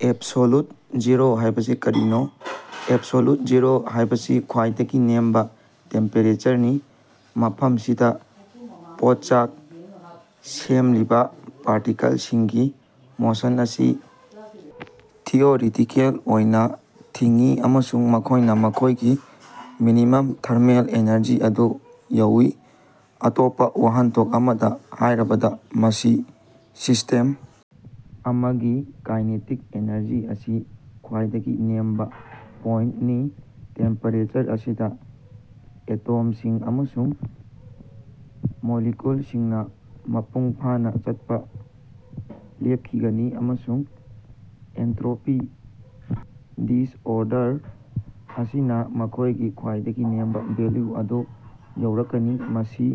ꯑꯦꯕꯁꯣꯜꯌꯨꯇꯦꯗ zero ꯍꯥꯢꯕꯁꯤ ꯀꯔꯤꯅꯣ? Absolute zero ꯍꯥꯢꯕꯁꯤ ꯈ꯭ꯋꯥꯏꯗꯒꯤ ꯅꯦꯝꯕ ꯇꯦꯝꯄꯦꯔꯦꯆꯔꯅꯤ ꯃꯐꯝꯁꯤꯗꯥ ꯄꯣꯠꯆꯥꯛ ꯁꯦꯝꯂꯤꯕꯥ ꯄꯥꯔꯇꯤꯀꯜꯁꯤꯡꯒꯤ ꯃꯣꯁꯟ ꯑꯁꯤ ꯊꯤꯑꯣꯔꯤꯇꯤꯀꯦꯜ ꯑꯣꯏꯅ ꯊꯤꯡꯏ ꯑꯃꯁꯨꯡ ꯃꯈꯣꯢꯅ ꯃꯈꯣꯢꯒꯤ ꯃꯤꯅꯤꯃꯝ ꯊꯔꯃꯦꯜ ꯑꯦꯅꯔꯖꯤ ꯑꯗꯨ ꯌꯧꯏ꯫ ꯑꯇꯣꯞꯄꯥ ꯋꯥꯍꯟꯊꯣꯛ ꯑꯃꯗꯥ ꯍꯥꯢꯔꯕꯗ ꯃꯁꯤ ꯁꯤꯁꯇꯦꯝ ꯑꯃꯒꯤ ꯀꯥꯏꯅꯦꯇꯤꯛ ꯑꯦꯅꯔꯖꯤ ꯑꯁꯤ ꯈ꯭ꯋꯥꯏꯗꯒꯤ ꯅꯦꯝꯕ ꯄꯣꯏꯟꯇꯅꯤ꯫ ꯇꯦꯝꯄꯦꯔꯦꯆꯔ ꯑꯁꯤꯗ ꯑꯦꯇꯣꯝꯁꯤꯡ ꯑꯃꯁꯨꯡ ꯃꯣꯂꯤꯀ꯭ꯌꯨꯜꯁꯤꯡꯅ ꯃꯄꯨꯡꯐꯥꯅ ꯆꯠꯄ ꯂꯦꯞꯈꯤꯒꯅꯤ ꯑꯃꯁꯨꯡ ꯑꯦꯟꯇ꯭ꯔꯣꯄꯤ (ꯗꯤꯁꯑꯣꯔꯗꯔ) ꯑꯁꯤꯅꯥ ꯃꯈꯣꯢꯒꯤ ꯈ꯭ꯋꯥꯏꯗꯒꯤ ꯅꯦꯝꯕ ꯚꯦꯜꯌꯨ ꯑꯗꯨ ꯌꯧꯔꯛꯀꯅꯤ꯫ ꯃꯁꯤ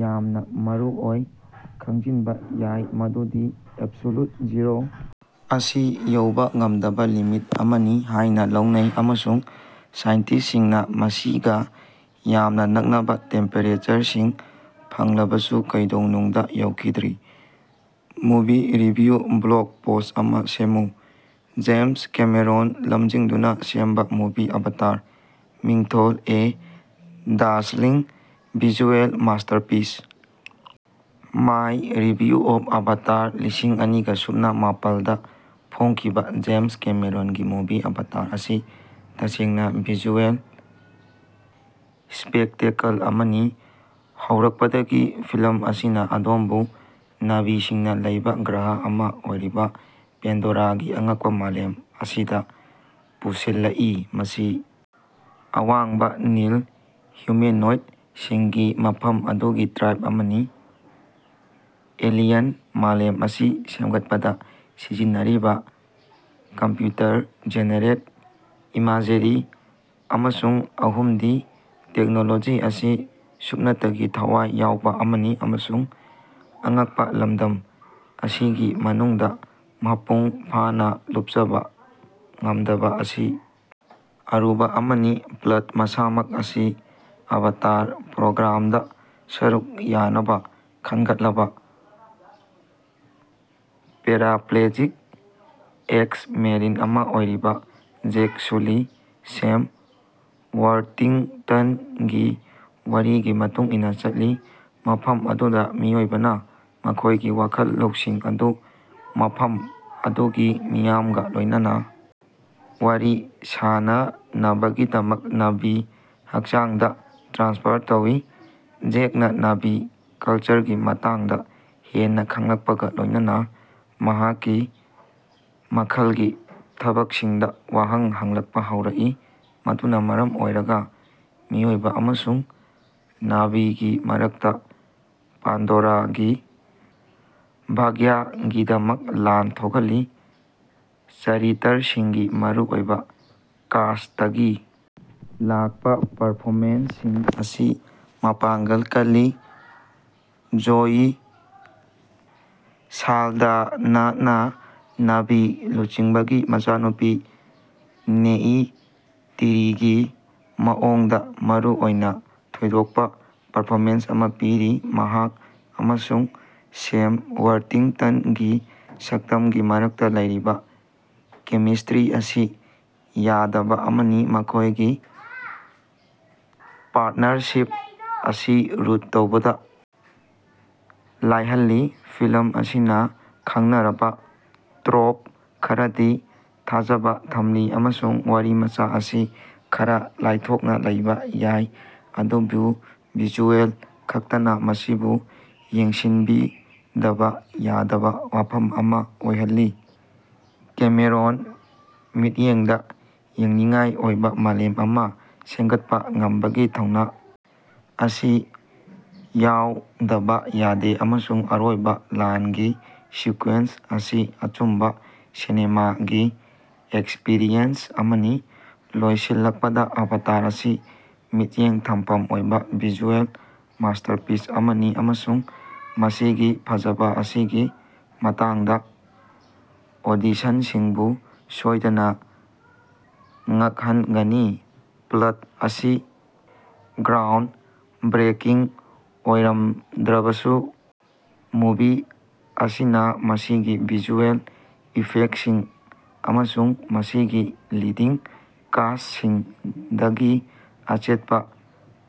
ꯌꯥꯝꯅ ꯃꯔꯨꯑꯣꯏꯅ ꯈꯪꯖꯤꯟꯕ ꯌꯥꯏ ꯃꯗꯨꯗꯤ ꯑꯦꯕꯁꯣꯜꯌꯨꯠ ꯖꯤꯔꯣ ꯑꯁꯤ ꯌꯧꯕꯥ ꯉꯝꯗꯕꯥ ꯂꯤꯃꯤꯠ ꯑꯃꯅꯤ ꯍꯥꯢꯅ ꯂꯧꯅꯩ ꯑꯃꯁꯨꯡ ꯁꯥꯏꯟꯇꯤꯁ꯭ꯇꯁꯤꯡꯅ ꯃꯁꯤꯒꯥ ꯌꯥꯝꯅ ꯅꯛꯅꯕ ꯇꯦꯝꯄꯦꯔꯦꯆꯔꯁꯤꯡ ꯐꯪꯂꯕꯁꯨ ꯀꯩꯗꯧꯅꯨꯡꯗ ꯌꯧꯈꯤꯗ꯭ꯔꯤ꯫ ꯃꯨꯚꯤ ꯔꯤꯚꯤꯌꯨ ꯕ꯭ꯂꯣꯒ ꯄꯣꯁ꯭ꯠ ꯑꯃꯥ ꯁꯦꯝꯃꯨ꯫ ꯖꯦꯃꯁ ꯀꯦꯃꯦꯔꯣꯟ ꯂꯃꯖꯤꯡꯗꯨꯅ ꯁꯦꯝꯕ ꯃꯨꯚꯤ ꯑꯚꯥꯇꯥꯔ꯫ ꯃꯤꯡꯊꯣꯜ: a dazzling visual masterpiece: my review of Avatar ꯂꯤꯁꯤꯡ ꯑꯅꯤꯒ ꯁꯨꯞꯅ ꯃꯥꯄꯜꯗꯥ ꯐꯣꯡꯈꯤꯕ ꯖꯦꯃꯁ ꯀꯦꯃꯦꯔꯣꯟꯒꯤ ꯃꯨꯚꯤ ꯑꯚꯥꯇꯔ ꯑꯁꯤ ꯇꯁꯦꯡꯅ ꯚꯤꯖꯨꯑꯦꯜ ꯁ꯭ꯄꯦꯛꯇꯦꯀꯜ ꯑꯃꯅꯤ꯫ ꯍꯧꯔꯛꯄꯗꯒꯤ ꯐꯤꯂꯝ ꯑꯁꯤꯅ ꯑꯗꯣꯝꯕꯨ ꯅꯥꯚꯤꯁꯤꯡꯅꯥ ꯂꯩꯕꯥ ꯒ꯭ꯔꯍ ꯑꯃ ꯑꯣꯏꯔꯤꯕ ꯄꯥꯟꯗꯣꯔꯥꯒꯤ ꯑꯉꯛꯄ ꯃꯥꯂꯦꯝ ꯑꯁꯤꯗ ꯄꯨꯁꯤꯜꯂꯛꯏ ꯃꯁꯤ ꯑꯋꯥꯡꯕꯥ, ꯅꯤꯜ ꯍ꯭ꯌꯨꯃꯦꯅꯣꯏꯗꯁꯤꯡꯒꯤ ꯃꯐꯝ ꯑꯗꯨꯒꯤ ꯇ꯭ꯔꯥꯏꯕ ꯑꯃꯅꯤ꯫ ꯑꯦꯂꯤꯌꯟ ꯃꯥꯂꯦꯝ ꯑꯁꯤ ꯁꯦꯝꯒꯠꯄꯗ ꯁꯤꯖꯤꯟꯅꯔꯤꯕꯥ ꯀꯝꯄ꯭ꯌꯨꯇꯔ ꯖꯦꯅꯦꯔꯦꯠ ꯏꯃꯥꯖꯦꯔꯤ ꯑꯃꯁꯨꯡ ꯑꯍꯨꯝꯗꯤ ꯇꯦꯛꯅꯣꯂꯣꯖꯤ ꯑꯁꯤ ꯁꯨꯞꯅꯇꯒꯤ ꯊꯋꯥꯏ ꯌꯥꯎꯕꯥ ꯑꯃꯅꯤ ꯑꯃꯁꯨꯡ ꯑꯉꯛꯄ ꯂꯝꯗꯝ ꯑꯁꯤꯒꯤ ꯃꯅꯨꯡꯗ ꯃꯄꯨꯡ ꯐꯥꯅ ꯂꯨꯞꯆꯕ ꯉꯝꯗꯕ ꯑꯁꯤ ꯑꯔꯨꯕ ꯑꯃꯅꯤ꯫ ꯄ꯭ꯂꯠ ꯃꯁꯥꯃꯛ ꯑꯁꯤ ꯑꯚꯇꯥꯔ ꯄ꯭ꯔꯣꯒ꯭ꯔꯥꯝꯗ ꯁꯔꯨꯛ ꯌꯥꯅꯕ ꯈꯟꯒꯠꯂꯕ ꯄꯦꯔꯥꯄ꯭ꯂꯦꯖꯤꯛ ꯑꯦꯛꯁ-ꯃꯦꯔꯤꯟ ꯑꯃ ꯑꯣꯏꯔꯤꯕ ꯖꯦꯛ ꯁꯨꯂꯤ (ꯁꯦꯝ ꯋꯔꯇꯤꯡꯇꯟ)ꯒꯤ ꯋꯥꯔꯤꯒꯤ ꯃꯇꯨꯡ ꯏꯟꯅ ꯆꯠꯂꯤ ꯃꯐꯝ ꯑꯗꯨꯗ ꯃꯤꯑꯣꯏꯕꯅ ꯃꯈꯣꯢꯒꯤ ꯋꯥꯈꯜ ꯂꯧꯁꯤꯡ ꯑꯗꯨ ꯃꯐꯝ ꯑꯗꯨꯒꯤ ꯃꯤꯌꯥꯝꯒ ꯂꯣꯢꯅꯅꯥ ꯋꯥꯔꯤ ꯁꯥꯅꯅꯕꯒꯤꯗꯃꯛ ꯅꯥꯚꯤ ꯍꯛꯆꯥꯡꯗ ꯇ꯭ꯔꯥꯟꯁꯐꯔ ꯇꯧꯏ꯫ ꯖꯦꯛꯅꯥ ꯅꯥꯚꯤ ꯀꯜꯆꯔꯒꯤ ꯃꯇꯥꯡꯗ ꯍꯦꯟꯅ ꯈꯡꯂꯛꯄꯒ ꯂꯣꯢꯅꯅꯥ ꯃꯍꯥꯛꯀꯤ ꯃꯈꯜꯒꯤ ꯊꯕꯛꯁꯤꯡꯗꯥ ꯋꯥꯍꯪ ꯍꯪꯂꯛꯄꯥ ꯍꯧꯔꯛꯏ ꯃꯗꯨꯅ ꯃꯔꯝ ꯑꯣꯏꯔꯒ ꯃꯤꯑꯣꯏꯕ ꯑꯃꯁꯨꯡ ꯅꯥꯚꯤꯒꯤ ꯃꯔꯛꯇ ꯄꯥꯟꯗꯣꯔꯥꯒꯤ ꯚꯥꯒ꯭ꯌꯒꯤꯗꯃꯛ ꯂꯥꯟ ꯊꯣꯛꯍꯜꯂꯤ꯫ ꯆꯔꯤꯇꯔꯁꯤꯡꯒꯤ ꯃꯔꯨꯑꯣꯏꯕ ꯀꯥꯁ꯭ꯇꯇꯒꯤ ꯂꯥꯛꯄ ꯄꯔꯐꯣꯃꯦꯟꯁꯁꯤꯡ ꯑꯁꯤ ꯃꯄꯥꯡꯒꯜ ꯀꯜꯂꯤ ꯖꯣꯏ ꯁꯥꯂꯗꯥꯅꯥꯅꯥ ꯅꯥꯚꯤ ꯂꯨꯆꯤꯡꯕꯒꯤ ꯃꯆꯥꯅꯨꯄꯤ ꯅꯦꯏꯇꯤꯔꯤꯒꯤ ꯃꯑꯣꯡꯗ ꯃꯔꯨꯑꯣꯏꯅ ꯊꯣꯏꯗꯣꯛꯄ ꯄꯔꯐꯣꯃꯦꯟꯁ ꯑꯃ ꯄꯤꯔꯤ꯫ ꯃꯍꯥꯛ ꯑꯃꯁꯨꯡ ꯁꯦꯝ ꯋꯔꯇꯤꯡꯇꯟꯒꯤ ꯁꯛꯇꯝꯒꯤ ꯃꯔꯛꯇ ꯂꯩꯔꯤꯕꯥ ꯀꯦꯃꯤꯁꯇ꯭ꯔꯤ ꯑꯁꯤ ꯌꯥꯗꯕ ꯑꯃꯅꯤ ꯃꯈꯣꯢꯒꯤ ꯄꯥꯔꯇꯅꯔꯁꯤꯞ ꯑꯁꯤ ꯔꯨꯠ ꯇꯧꯕꯗ ꯂꯥꯏꯍꯜꯂꯤ꯫ ꯐꯤꯂꯝ ꯑꯁꯤꯅ ꯈꯡꯅꯔꯕ ꯇ꯭ꯔꯣꯞ ꯈꯔꯗꯥ ꯊꯥꯖꯕ ꯊꯝꯂꯤ ꯑꯃꯁꯨꯡ ꯋꯥꯔꯤꯃꯆꯥ ꯑꯁꯤ ꯈꯔ ꯂꯥꯞꯊꯣꯛꯅ ꯂꯩꯕꯥ ꯌꯥꯏ ꯑꯗꯨꯕꯨ ꯚꯤꯖꯨꯑꯦꯜ ꯈꯛꯇꯅ ꯃꯁꯤꯕꯨ ꯌꯦꯡꯁꯤꯟꯕꯤꯗꯕ ꯌꯥꯗꯕ ꯋꯥꯐꯝ ꯑꯃ ꯑꯣꯏꯍꯜꯂꯤ꯫ ꯀꯦꯃꯦꯔꯣꯟ ꯃꯤꯠꯌꯦꯡꯗ ꯌꯦꯡꯅꯤꯡꯉꯥꯏ ꯑꯣꯏꯕ ꯃꯥꯂꯦꯝ ꯑꯃ ꯁꯦꯝꯒꯠꯄ ꯉꯝꯕꯒꯤ ꯊꯧꯅꯥ ꯑꯁꯤ ꯌꯥꯎꯗꯕ ꯌꯥꯗꯦ ꯑꯃꯁꯨꯡ ꯑꯔꯣꯏꯕ ꯂꯥꯟꯒꯤ ꯁꯤꯀ꯭ꯋꯦꯟꯁ ꯑꯁꯤ ꯑꯆꯨꯝꯕꯥ ꯁꯤꯅꯦꯃꯥꯒꯤ ꯑꯦꯛꯁꯄꯔꯤꯌꯦꯟꯁ ꯑꯃꯅꯤ꯫ ꯂꯣꯏꯁꯤꯜꯂꯛꯄꯗ ꯑꯚꯇꯥꯔ ꯑꯁꯤ ꯃꯤꯠꯌꯦꯡ ꯊꯝꯐꯝ ꯑꯣꯏꯕ ꯚꯤꯖꯨꯑꯦꯜ ꯃꯥꯁꯇꯔꯄꯤꯁ ꯑꯃꯅꯤ ꯑꯃꯁꯨꯡ ꯃꯁꯤꯒꯤ ꯐꯖꯕ ꯑꯁꯤꯒꯤ ꯃꯇꯥꯡꯗ ꯑꯣꯗꯤꯁꯟꯁꯤꯡꯕꯨ ꯁꯣꯏꯗꯅ ꯉꯛꯍꯟꯒꯅꯤ꯫ ꯄ꯭ꯂꯠ ꯑꯁꯤ ꯒ꯭ꯔꯥꯎꯟꯗꯕ꯭ꯔꯦꯀꯤꯡ ꯑꯣꯏꯔꯝꯗ꯭ꯔꯕꯁꯨ ꯃꯨꯚꯤ ꯑꯁꯤꯅ ꯃꯁꯤꯒꯤ ꯚꯤꯖꯨꯑꯦꯜ ꯏꯐꯦꯛꯇꯁꯤꯡ ꯑꯃꯁꯨꯡ ꯃꯁꯤꯒꯤ ꯂꯤꯗꯤꯡ ꯀꯥꯁ꯭ꯇꯁꯤꯡꯗꯒꯤ ꯑꯆꯦꯠꯄ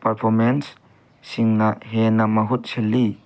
ꯄꯔꯐꯣꯃꯦꯟꯁꯁꯤꯡꯅ ꯍꯦꯟꯅ ꯃꯍꯨꯠ ꯁꯤꯜꯂꯤ꯫